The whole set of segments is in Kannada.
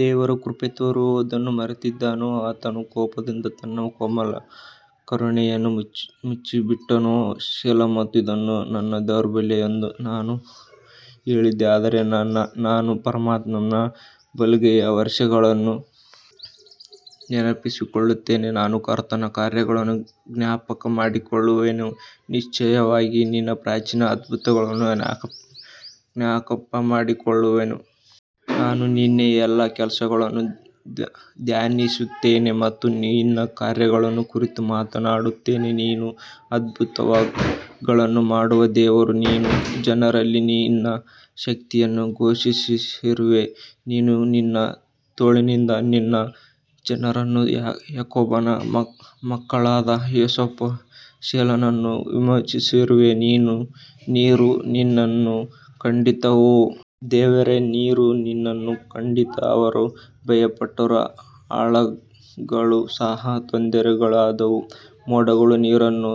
ದೇವರು ಕೃಪೆ ತೋರುವುದನ್ನು ಮರೆತಿದ್ದಾನೋ, ಆತನು ಕೋಪದಿಂದ ತನ್ನ ಕೋಮಲ ಕರುಣೆಯನ್ನು ಮುಚ್ಚಿಬಿಟ್ಟನೋ ಸೆಲಾ ಮತ್ತು ಇದು ನನ್ನ ದೌರ್ಬಲ್ಯ ಎಂದು ನಾನು ಹೇಳಿದೆ ಆದರೆ ನಾನು ಪರಮಾತ್ಮನ ಬಲಗೈಯ ವರ್ಷಗಳನ್ನು ನೆನಪಿಸಿಕೊಳ್ಳುತ್ತೇನೆ ನಾನು ಕರ್ತನ ಕಾರ್ಯಗಳನ್ನು ಜ್ಞಾಪಕಮಾಡಿಕೊಳ್ಳುವೆನು, ನಿಶ್ಚಯವಾಗಿ ನಿನ್ನ ಪ್ರಾಚೀನ ಅದ್ಭುತಗಳನ್ನು ಜ್ಞಾಪಕಮಾಡಿಕೊಳ್ಳುವೆನು ನಾನು ನಿನ್ನ ಎಲ್ಲಾ ಕೆಲಸಗಳನ್ನು ಧ್ಯಾನಿಸುತ್ತೇನೆ ಮತ್ತು ನಿನ್ನ ಕಾರ್ಯಗಳ ಕುರಿತು ಮಾತನಾಡುತ್ತೇನೆ ನೀನು ಅದ್ಭುತಗಳನ್ನು ಮಾಡುವ ದೇವರು, ನೀನು ಜನರಲ್ಲಿ ನಿನ್ನ ಶಕ್ತಿಯನ್ನು ಘೋಷಿಸಿರುವೆ ನೀನು ನಿನ್ನ ತೋಳಿನಿಂದ ನಿನ್ನ ಜನರನ್ನು ಯಾಕೋಬನ ಮಕ್ಕಳಾದ ಯೋಸೇಫ ಸೆಲಾನನ್ನು ವಿಮೋಚಿಸಿರುವೆ ನೀರು ನಿನ್ನನ್ನು ಕಂಡಿತು ಓ ದೇವರೇ ನೀರು ನಿನ್ನನ್ನು ಕಂಡಿತು ಅವರು ಭಯಪಟ್ಟರು ಆಳಗಳು ಸಹ ತೊಂದರೆಗೊಳಗಾದವು ಮೋಡಗಳು ನೀರನ್ನು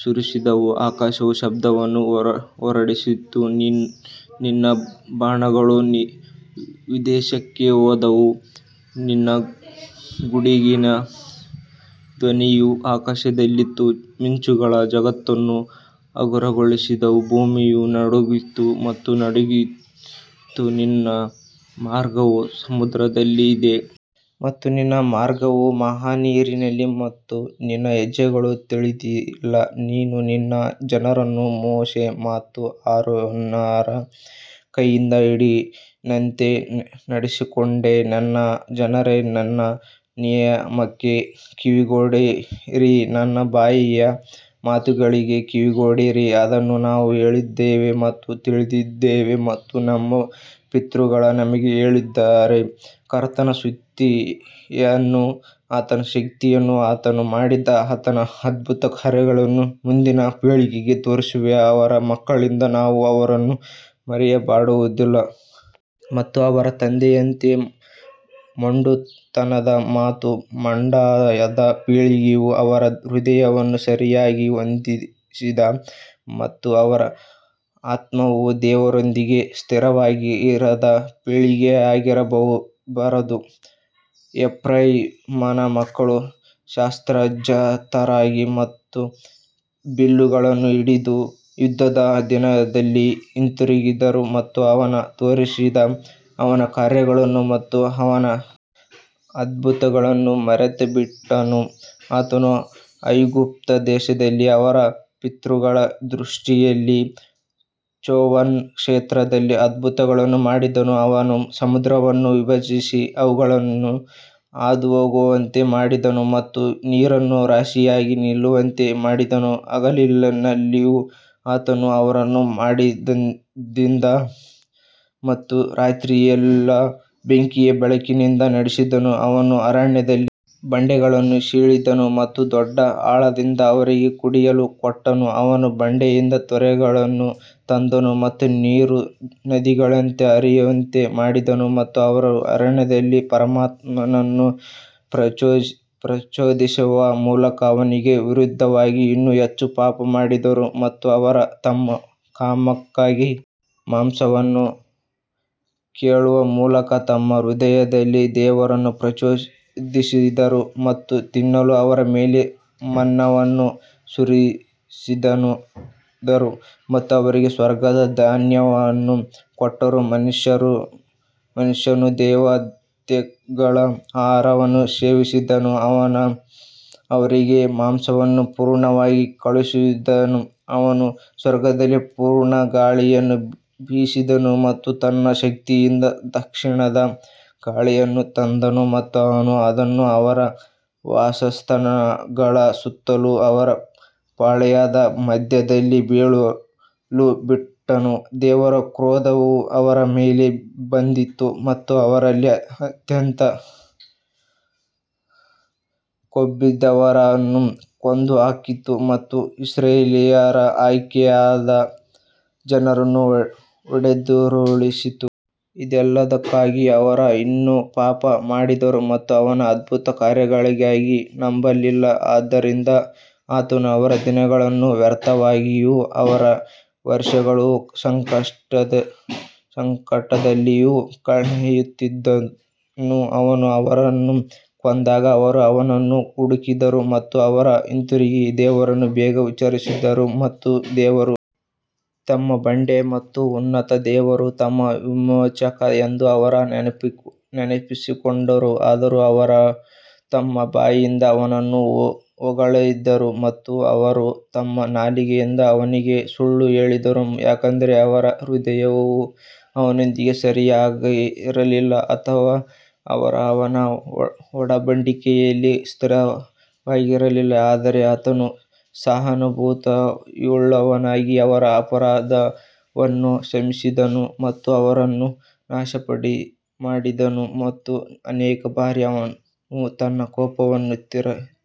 ಸುರಿಸಿದವು ಆಕಾಶವು ಶಬ್ದವನ್ನು ಹೊರಡಿಸಿತು ನಿನ್ನ ಬಾಣಗಳೂ ವಿದೇಶಕ್ಕೆ ಹೋದವು ನಿನ್ನ ಗುಡುಗಿನ ಧ್ವನಿಯು ಆಕಾಶದಲ್ಲಿತ್ತು ಮಿಂಚುಗಳು ಜಗತ್ತನ್ನು ಹಗುರಗೊಳಿಸಿದವು ಭೂಮಿಯು ನಡುಗಿತು ಮತ್ತು ನಡುಗಿತು ನಿನ್ನ ಮಾರ್ಗವು ಸಮುದ್ರದಲ್ಲಿದೆ ಮತ್ತು ನಿನ್ನ ಮಾರ್ಗವು ಮಹಾ ನೀರಿನಲ್ಲಿ ಮತ್ತು ನಿನ್ನ ಹೆಜ್ಜೆಗಳು ತಿಳಿದಿಲ್ಲ ನೀನು ನಿನ್ನ ಜನರನ್ನು ಮೋಶೆ ಮತ್ತು ಆರೋನರ ಕೈಯಿಂದ ಹಿಂಡಿನಂತೆ ನಡೆಸಿಕೊಂಡೆ ನನ್ನ ಜನರೇ, ನನ್ನ ನಿಯಮಕ್ಕೆ ಕಿವಿಗೊಡಿರಿ, ನನ್ನ ಬಾಯಿಯ ಮಾತುಗಳಿಗೆ ಕಿವಿಗೊಡಿರಿ ಅದನ್ನು ನಾವು ಕೇಳಿದ್ದೇವೆ ಮತ್ತು ತಿಳಿದಿದ್ದೇವೆ ಮತ್ತು ನಮ್ಮ ಪಿತೃಗಳು ನಮಗೆ ಹೇಳಿದ್ದಾರೆ ಕರ್ತನ ಸ್ತುತಿಯನ್ನೂ ಆತನ ಶಕ್ತಿಯನ್ನೂ ಆತನು ಮಾಡಿದ ಆತನ ಅದ್ಭುತಕಾರ್ಯಗಳನ್ನೂ ಮುಂದಿನ ಪೀಳಿಗೆಗೆ ತೋರಿಸುವ ಅವರ ಮಕ್ಕಳಿಂದ ನಾವು ಅವರನ್ನು ಮರೆಮಾಡುವುದಿಲ್ಲ. ಮತ್ತು ಅವರ ತಂದೆಯಂತೆ ಮೊಂಡುತನದ ಮತ್ತು ಬಂಡಾಯದ ಪೀಳಿಗೆಯು ಅವರ ಹೃದಯವನ್ನು ಸರಿಯಾಗಿ ಹೊಂದಿಸದ ಮತ್ತು ಅವರ ಆತ್ಮವು ದೇವರೊಂದಿಗೆ ಸ್ಥಿರವಾಗಿರದ ಪೀಳಿಗೆಯಾಗಿರಬಾರದು. ಎಫ್ರಾಯೀಮನ ಮಕ್ಕಳು ಶಸ್ತ್ರಸಜ್ಜಿತರಾಗಿ ಮತ್ತು ಬಿಲ್ಲುಗಳನ್ನು ಹಿಡಿದು ಯುದ್ಧದ ದಿನದಲ್ಲಿ ಹಿಂತಿರುಗಿದರು ಮತ್ತು ಅವನು ತೋರಿಸಿದ ಅವನ ಕಾರ್ಯಗಳನ್ನು ಮತ್ತು ಅವನ ಅದ್ಭುತಗಳನ್ನು ಮರೆತುಬಿಟ್ಟನು ಆತನು ಐಗುಪ್ತದೇಶದಲ್ಲಿ ಅವರ ಪಿತೃಗಳ ದೃಷ್ಟಿಯಲ್ಲಿ ಚೋವನ್ ಕ್ಷೇತ್ರದಲ್ಲಿ ಅದ್ಭುತಗಳನ್ನು ಮಾಡಿದನು ಅವನು ಸಮುದ್ರವನ್ನು ವಿಭಜಿಸಿ ಅವುಗಳನ್ನು ಹಾದುಹೋಗುವಂತೆ ಮಾಡಿದನು ಮತ್ತು ನೀರನ್ನು ರಾಶಿಯಾಗಿ ನಿಲ್ಲುವಂತೆ ಮಾಡಿದನು ಹಗಲಿನಲ್ಲಿಯೂ ಆತನು ಅವರನ್ನು ಮೋಡದಿಂದ ಮತ್ತು ರಾತ್ರಿಯೆಲ್ಲಾ ಬೆಂಕಿಯ ಬೆಳಕಿನಿಂದ ನಡೆಸಿದನು ಅವನು ಅರಣ್ಯದಲ್ಲಿ ಬಂಡೆಗಳನ್ನು ಸೀಳಿದನು ಮತ್ತು ದೊಡ್ಡ ಆಳದಿಂದ ಅವರಿಗೆ ಕುಡಿಯಲು ಕೊಟ್ಟನು ಅವನು ಬಂಡೆಯಿಂದ ತೊರೆಗಳನ್ನು ತಂದನು ಮತ್ತು ನೀರು ನದಿಗಳಂತೆ ಹರಿಯುವಂತೆ ಮಾಡಿದನು ಮತ್ತು ಅವರು ಅರಣ್ಯದಲ್ಲಿ ಪರಮಾತ್ಮನನ್ನು ಪ್ರಚೋದಿಸುವ ಮೂಲಕ ಅವನಿಗೆ ವಿರುದ್ಧವಾಗಿ ಇನ್ನೂ ಹೆಚ್ಚು ಪಾಪ ಮಾಡಿದರು ಮತ್ತು ಅವರು ತಮ್ಮ ಕಾಮಕ್ಕಾಗಿ ಮಾಂಸವನ್ನು ಕೇಳುವ ಮೂಲಕ ತಮ್ಮ ಹೃದಯದಲ್ಲಿ ದೇವರನ್ನು ಪ್ರಚೋದಿಸಿದರು ಮತ್ತು ತಿನ್ನಲು ಅವರ ಮೇಲೆ ಮನ್ನಾವನ್ನು ಸುರಿಸಿದ್ದರು ಮತ್ತು ಅವರಿಗೆ ಸ್ವರ್ಗದ ಧಾನ್ಯವನ್ನು ಕೊಟ್ಟರು ಮನುಷ್ಯನು ದೇವತೆಗಳ ಆಹಾರವನ್ನು ಸೇವಿಸಿದನು, ಅವನು ಅವರಿಗೆ ಮಾಂಸವನ್ನು ಪೂರ್ಣವಾಗಿ ಕಳುಹಿಸಿದನು ಅವನು ಸ್ವರ್ಗದಲ್ಲಿ ಪೂರ್ವ ಗಾಳಿಯನ್ನು ಬೀಸಿದನು ಮತ್ತು ತನ್ನ ಶಕ್ತಿಯಿಂದ ದಕ್ಷಿಣದ ಗಾಳಿಯನ್ನು ತಂದನು ಮತ್ತು ಅವನು ಅದನ್ನು ಅವರ ವಾಸಸ್ಥಾನಗಳ ಸುತ್ತಲೂ ಅವರ ಪಾಳೆಯದ ಮಧ್ಯದಲ್ಲಿ ಬೀಳಲು ಬಿಟ್ಟನು ದೇವರ ಕ್ರೋಧವು ಅವರ ಮೇಲೆ ಬಂದಿತು ಮತ್ತು ಅವರಲ್ಲಿ ಅತ್ಯಂತ ಕೊಬ್ಬಿದವರನ್ನು ಕೊಂದುಹಾಕಿತು ಮತ್ತು ಇಸ್ರಾಯೇಲ್ಯರ ಆಯ್ಕೆಯಾದ ಜನರನ್ನು ಹೊಡೆದುರುಳಿಸಿತು. ಇದೆಲ್ಲದಕ್ಕಾಗಿ ಅವರು ಇನ್ನೂ ಪಾಪ ಮಾಡಿದರು ಮತ್ತು ಅವನ ಅದ್ಭುತ ಕಾರ್ಯಗಳಿಗಾಗಿ ನಂಬಲಿಲ್ಲ ಆದದರಿಂದ ಆತನು ಅವರ ದಿನಗಳನ್ನು ವ್ಯರ್ಥವಾಗಿಯೂ ಅವರ ವರುಷಗಳನ್ನು ಸಂಕಟದಲ್ಲಿಯೂ ಕಳೆಯುತ್ತಿದ್ದನು ಅವನು ಅವರನ್ನು ಕೊಂದಾಗ ಅವರು ಅವನನ್ನು ಹುಡುಕಿದರು ಮತ್ತು ಅವರು ಹಿಂತಿರುಗಿ ದೇವರನ್ನು ಬೇಗ ವಿಚಾರಿಸಿದರು ಮತ್ತು ದೇವರು ತಮ್ಮ ಬಂಡೆ ಮತ್ತು ಉನ್ನತ ದೇವರು ತಮ್ಮ ವಿಮೋಚಕ ಎಂದು ಅವರು ನೆನಪಿಸಿಕೊಂಡರು ಆದರೂ ಅವರು ತಮ್ಮ ಬಾಯಿಂದ ಅವನನ್ನು ಹೊಗಳಿದರು ಮತ್ತು ಅವರು ತಮ್ಮ ನಾಲಿಗೆಯಿಂದ ಅವನಿಗೆ ಸುಳ್ಳು ಹೇಳಿದರು ಯಾಕಂದರೆ ಅವರ ಹೃದಯವು ಅವನೊಂದಿಗೆ ಸರಿಯಾಗಿರಲಿಲ್ಲ ಅಥವಾ ಅವರು ಅವನ ಒಡಂಬಡಿಕೆಯಲ್ಲಿ ಸ್ಥಿರವಾಗಿರಲಿಲ್ಲ ಆದರೆ ಆತನು ಸಹಾನುಭೂತಿಯುಳ್ಳವನಾಗಿ ಅವರ ಅಪರಾಧವನ್ನು ಕ್ಷಮಿಸಿದನು ಮತ್ತು ಅವರನ್ನು ನಾಶಮಾಡಿದನು ಮತ್ತು ಅನೇಕ ಬಾರಿ ಅವನು ತನ್ನ ಕೋಪವನ್ನು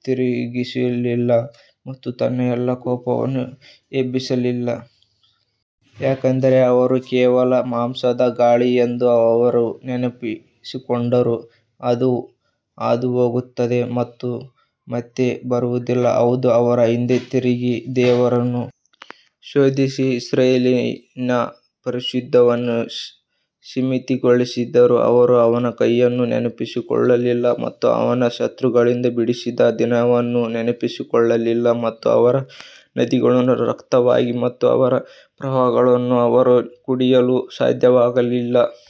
ತಿರುಗಿಸಲಿಲ್ಲ ಮತ್ತು ತನ್ನ ಎಲ್ಲಾ ಕೋಪವನ್ನು ಎಬ್ಬಿಸಲಿಲ್ಲ. ಯಾಕಂದರೆ ಅವರು ಕೇವಲ ಮಾಂಸದ ಗಾಳಿ ಎಂದು ಅವರು ನೆನಪಿಸಿಕೊಂಡರು, ಅದು ಹಾದುಹೋಗುತ್ತದೆ ಮತ್ತು ಮತ್ತೆ ಬರುವುದಿಲ್ಲ ಹೌದು ಅವರು ಹಿಂದೆ ತಿರುಗಿ ದೇವರನ್ನು ಶೋಧಿಸಿ ಇಸ್ರಾಯೇಲಿನ ಪರಿಶುದ್ಧನನ್ನು ಸೀಮಿತಗೊಳಿಸಿದರು ಅವರು ಅವನ ಕೈಯನ್ನು ನೆನಪಿಸಿಕೊಳ್ಳಲಿಲ್ಲ ಮತ್ತು ಅವನು ಶತ್ರುಗಳಿಂದ ಬಿಡಿಸಿದ ದಿನವನ್ನು ನೆನಪಿಸಿಕೊಳ್ಳಲಿಲ್ಲ ಮತ್ತು ಅವರ ನದಿಗಳನ್ನು ರಕ್ತವಾಗಿ ಮತ್ತು ಅವರ ಪ್ರವಾಹಗಳನ್ನು ಅವರು ಕುಡಿಯಲು ಸಾಧ್ಯವಾಗಲಿಲ್ಲ.